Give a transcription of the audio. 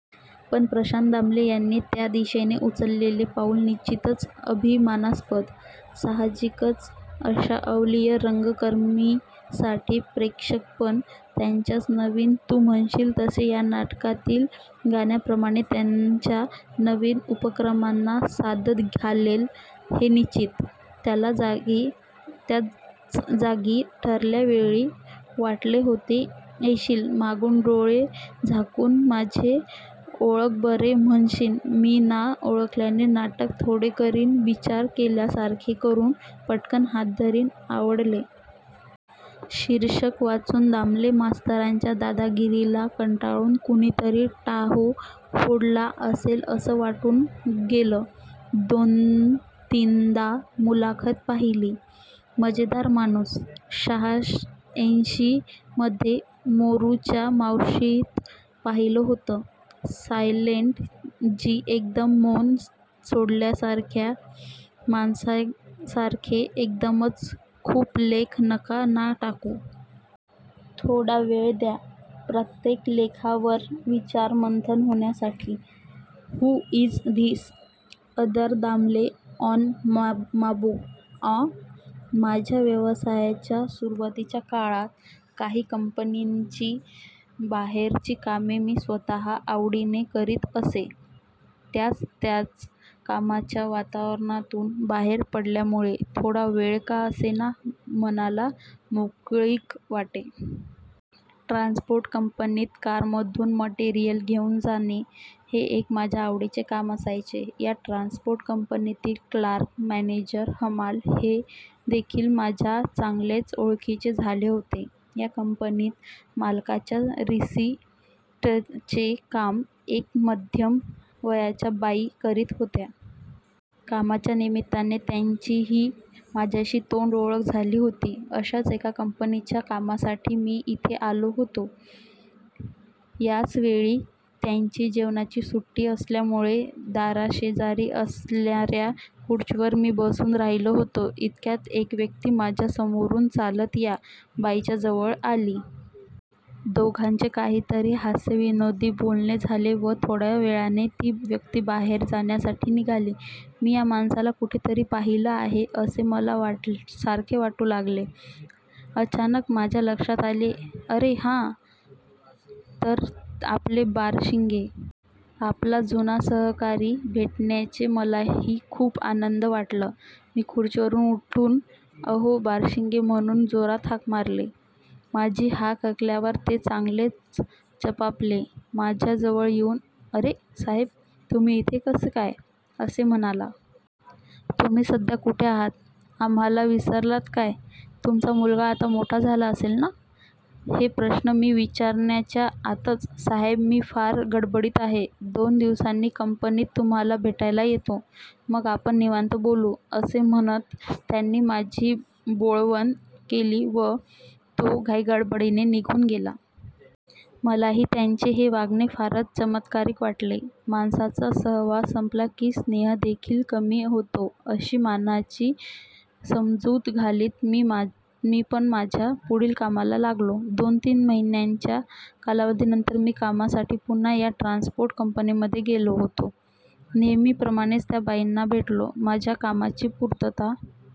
पण प्रशांत दामले यांनी त्या दिशेने उचललेले पाऊल निश्चितच अभिमानास्पद. साहजिकच अशा अवलिया रंगकर्मीसाठी प्रेक्षकपण त्यांच्याच नवीन तू म्हणशील तसे या नाटकातील गाण्याप्रमाणे त्यांच्या नवीन उपक्रमांना साद घालेल हे निश्चित. त्याच जागी ठरल्या वेळी वाटले होते येशील, मागून डोळे झाकून माझे ओळख बरे म्हणशील, मी ना ओळखल्याचे नाटक थोडे करीन, विचार केल्यासारखे करून पटकन हात धरीन, आवडले. शीर्षक वाचून दामले मास्तरांच्या दादागिरीला कंटाळून कुणीतरी टाहो फोडला असेल असं वाटून गेलं. दोनतीनदा मुलाखत पाहिली. मजेदार माणूस. शहाऐंशीमध्ये मोरूच्या मावशीत पाहिलं होतं. सायलेंट जी एकदम मौन सोडल्यासारख्या माणसासारखे एकदमच खूप लेख नका ना टाकू. थोडा वेळ द्या प्रत्येक लेखावर विचार मंथन होण्यासाठी. Who is this other Damle on माबो? आँ! माझ्या व्यवसायाच्या सुरुवातीच्या काळात, काही कंपनीची बाहेरची कामे मी स्वतः आवडीने करीत असे. त्याच त्याच कामाच्या वातावरणातून बाहेर पडल्यामुळे, थोडा वेळ का असेना, मनाला मोकळीक वाटे. ट्रान्सपोर्ट कंपनीत कारमधून मटेरियल घेऊन जाणे, हे एक माझ्या आवडीचे काम असायचे. या ट्रान्सपोर्ट कंपनीतील क्लार्क, मॅनेजर, हमाल हे देखील माझ्या चांगलेच ओळखीचे झाले होते. या कंपनीत मालाच्या रिसीटचे काम, एक मध्यम वयाच्या बाई करीत होत्या. कामाच्या निमित्ताने त्यांची ही माझ्याशी तोंडओळख झाली होती. अशाच एका कंपनीच्या कामासाठी मी इथे आलो होतो. याच वेळी यांची जेवणाची सुट्टी असल्यामुळे दाराशेजारी असणाऱ्या खुर्चीवर मी बसून राहिलो होतो. इतक्यात एक व्यक्ती माझ्या समोरूनच चालत या बाईंच्या जवळ आली. दोघांचे काहीतरी हास्यविनोदी बोलणे झाले व थोड्या वेळाने ती व्यक्ती बाहेर जाण्यासाठी निघाली. मी या माणसाला कुठेतरी पाहिले आहे असे मला सारखे वाटू लागले. अचानक माझ्या लक्षात आले, अरे! हा तर आपले बारशिंगे. आपला जुना सहकारी भेटल्याने मलाही खूप आनंद वाटलं. मी खुर्चीवरून उठून, अहो बारशिंगे, म्हणून जोरात हाक मारली. माझी हाक ऐकल्यावर ते चांगलेच चपापले. माझ्याजवळ येऊन, अरे! साहेब तुम्ही इथे कसे काय? असे म्हणाला. तुम्ही सध्या कुठे आहात, आम्हाला विसरलात काय? तुमचा मुलगा आता मोठा झाला असेल ना? हे प्रश्न मी विचारण्याच्या आतच, साहेब मी फार गडबडीत आहे, दोन दिवसांत कंपनीत तुम्हाला भेटायला येतो, मग आपण निवांत बोलू, असे म्हणत त्यांनी माझी बोळवण केली व तो घाईगडबडीने निघून गेला. मलाही त्यांचे हे वागणे फारच चमत्कारिक वाटले. माणसाचा सहवास संपला की स्नेहदेखील कमी होतो अशी मनाची समजूत घालीत मी पण माझ्या पुढील कामाला लागलो. दोन-तीन महिन्यांच्या कालावधीनंतर मी कामासाठी पुन्हा या ट्रान्सपोर्ट कंपनीमध्ये गेलो होतो. नेहमीप्रमाणेच त्या बाईंना भेटलो, माझ्या कामाची पूर्तता